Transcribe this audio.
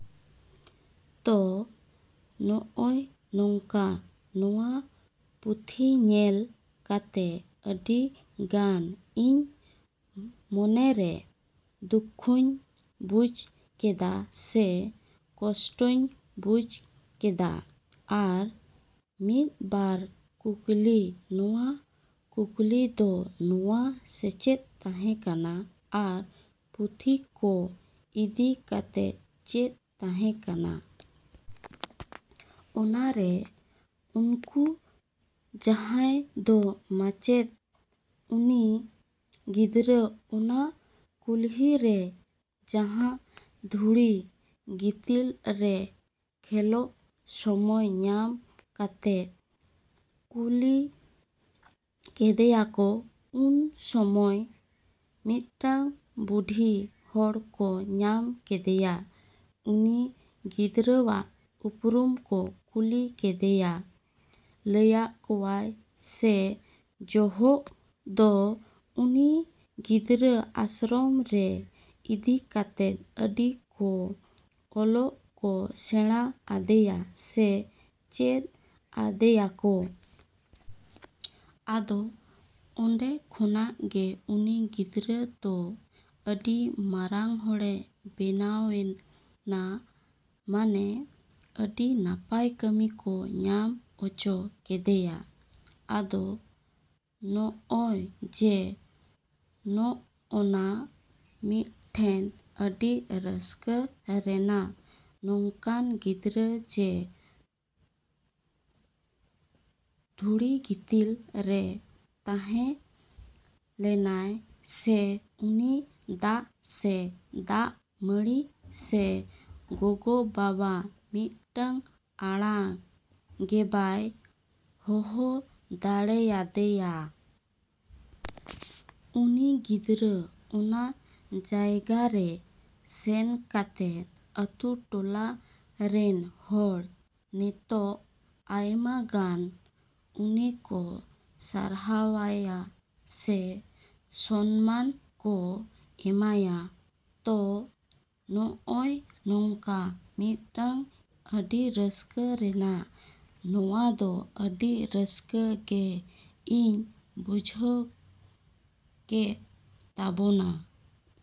ᱛᱚ ᱱᱚᱜᱼᱚᱭ ᱱᱚᱝᱠᱟ ᱱᱚᱣᱟ ᱯᱩᱛᱷᱤᱧᱮᱞ ᱠᱟᱛᱮ ᱟᱹᱰᱤ ᱜᱟᱱ ᱤᱧ ᱢᱚᱱᱮᱨᱮ ᱫᱩᱠᱠᱷᱚᱧ ᱵᱩᱡᱽ ᱠᱮᱫᱟ ᱥᱮ ᱠᱚᱥᱴᱚᱧ ᱵᱩᱡᱽ ᱠᱮᱫᱟ᱾ ᱟᱨ ᱢᱤᱫ ᱵᱟᱨ ᱠᱩᱠᱞᱤ, ᱱᱚᱣᱟ ᱠᱩᱠᱞᱤ ᱫᱚ ᱱᱚᱣᱟ ᱥᱮᱪᱮᱫ ᱛᱟᱦᱮᱸ ᱠᱟᱱᱟ ᱟᱨ ᱯᱩᱛᱷᱤ ᱠᱚ ᱤᱫᱤ ᱠᱟᱛᱮ ᱪᱮᱫ ᱛᱟᱦᱮᱸ ᱠᱟᱱᱟ᱾ ᱚᱱᱟᱨᱮ ᱩᱱᱠᱩ ᱡᱟᱦᱟᱭ ᱫᱚ ᱢᱟᱪᱮᱫ ᱩᱱᱤ ᱜᱤᱫᱽᱨᱟᱹ ᱚᱱᱟ ᱠᱩᱞᱦᱤ ᱨᱮ ᱡᱟᱦᱟᱸ ᱫᱷᱩᱲᱤ ᱜᱤᱛᱤᱞ ᱨᱮ ᱠᱷᱮᱞᱳᱜ ᱥᱚᱢᱚᱭ ᱧᱟᱢ ᱠᱟᱛᱮ ᱠᱩᱞᱤ ᱠᱮᱫᱮᱭᱟᱠᱚ, ᱩᱱ ᱥᱚᱢᱚᱭ ᱢᱤᱫᱴᱟᱝ ᱵᱩᱰᱷᱤ ᱦᱚᱲ ᱠᱚ ᱧᱟᱢ ᱠᱮᱫᱮᱭᱟ᱾ ᱩᱱᱤ ᱜᱤᱫᱽᱨᱟᱹᱣᱟᱜ ᱩᱯᱨᱩᱢ ᱠᱚ ᱠᱩᱞᱤ ᱠᱮᱫᱮᱭᱟ, ᱞᱟᱹᱭᱟᱜ ᱠᱚᱣᱟᱭ ᱥᱮᱭ ᱡᱚᱦᱚᱜ ᱫᱚ ᱩᱱᱤ ᱜᱤᱫᱽᱨᱟᱹ ᱟᱥᱨᱚᱢ ᱨᱮ ᱤᱫᱤ ᱠᱟᱛᱮ ᱟᱹᱰᱤ ᱠᱚ ᱚᱞᱚᱜ ᱠᱚ ᱥᱮᱬᱟ ᱟᱫᱮᱭᱟ ᱥᱮ ᱪᱮᱫ ᱟᱫᱮᱭᱟᱠᱚ᱾ ᱟᱫᱚ ᱚᱸᱰᱮ ᱠᱷᱚᱱᱟᱜ ᱜᱮ ᱩᱱᱤ ᱜᱤᱫᱽᱨᱟᱹ ᱫᱚ ᱟᱹᱰᱤ ᱢᱟᱨᱟᱝ ᱦᱚᱲᱮ ᱵᱮᱱᱟᱣᱱᱟ, ᱢᱟᱱᱮ ᱟᱹᱰᱤ ᱱᱟᱯᱟᱭ ᱠᱟᱹᱢᱤ ᱠᱚ ᱧᱟᱢ ᱦᱚᱪᱚ ᱠᱮᱫᱮᱭᱟ᱾ ᱟᱫᱚ ᱱᱚᱜᱼᱚᱭ ᱡᱮ ᱱᱚᱜᱼᱚᱱᱟ ᱢᱤᱫᱴᱮᱱ ᱟᱹᱰᱤ ᱨᱟᱹᱥᱠᱟᱹ ᱨᱮᱱᱟᱜ ᱱᱚᱝᱠᱟᱱ ᱜᱤᱫᱽᱨᱟᱹ ᱡᱮ ᱫᱷᱩᱲᱤ ᱜᱤᱛᱤᱞ ᱨᱮ ᱛᱟᱦᱮᱸ ᱞᱮᱱᱟᱭ ᱥᱮ ᱩᱱᱤ ᱫᱟᱜ ᱥᱮ ᱫᱟᱜ ᱢᱟᱹᱲᱤ ᱥᱮ ᱜᱚᱜᱚᱼᱵᱟᱵᱟ ᱢᱤᱫᱴᱟᱝ ᱟᱲᱟᱝ ᱜᱮᱵᱟᱭ ᱦᱚᱦᱚ ᱫᱟᱲᱮᱭᱟᱫᱟᱭ᱾ ᱩᱱᱤ ᱜᱤᱫᱽᱨᱟᱹ ᱚᱱᱟ ᱡᱟᱭᱜᱟᱨᱮ ᱥᱮᱱ ᱠᱟᱛᱮ ᱟᱛᱳ ᱴᱚᱞᱟ ᱨᱮᱱ ᱦᱚᱲ ᱱᱤᱛᱚᱜ ᱟᱭᱢᱟ ᱜᱟᱱ ᱩᱱᱤ ᱠᱚ ᱥᱟᱨᱦᱟᱣᱭᱟ ᱥᱮ ᱥᱚᱱᱢᱟᱱ ᱠᱚ ᱮᱢᱟᱭᱟ᱾ ᱛᱚ ᱱᱚᱜᱼᱚᱭ ᱱᱚᱝᱠᱟ ᱢᱤᱫᱴᱟᱝ ᱟᱹᱰᱤ ᱨᱟᱹᱥᱠᱟᱹ ᱨᱮᱱᱟᱜ ᱱᱚᱣᱟᱫᱚ ᱟᱹᱰᱤ ᱨᱟᱹᱥᱠᱟᱹ ᱜᱮ ᱤᱧ ᱵᱩᱡᱷᱟᱹᱣ ᱠᱮᱜ ᱛᱟᱵᱳᱱᱟ᱾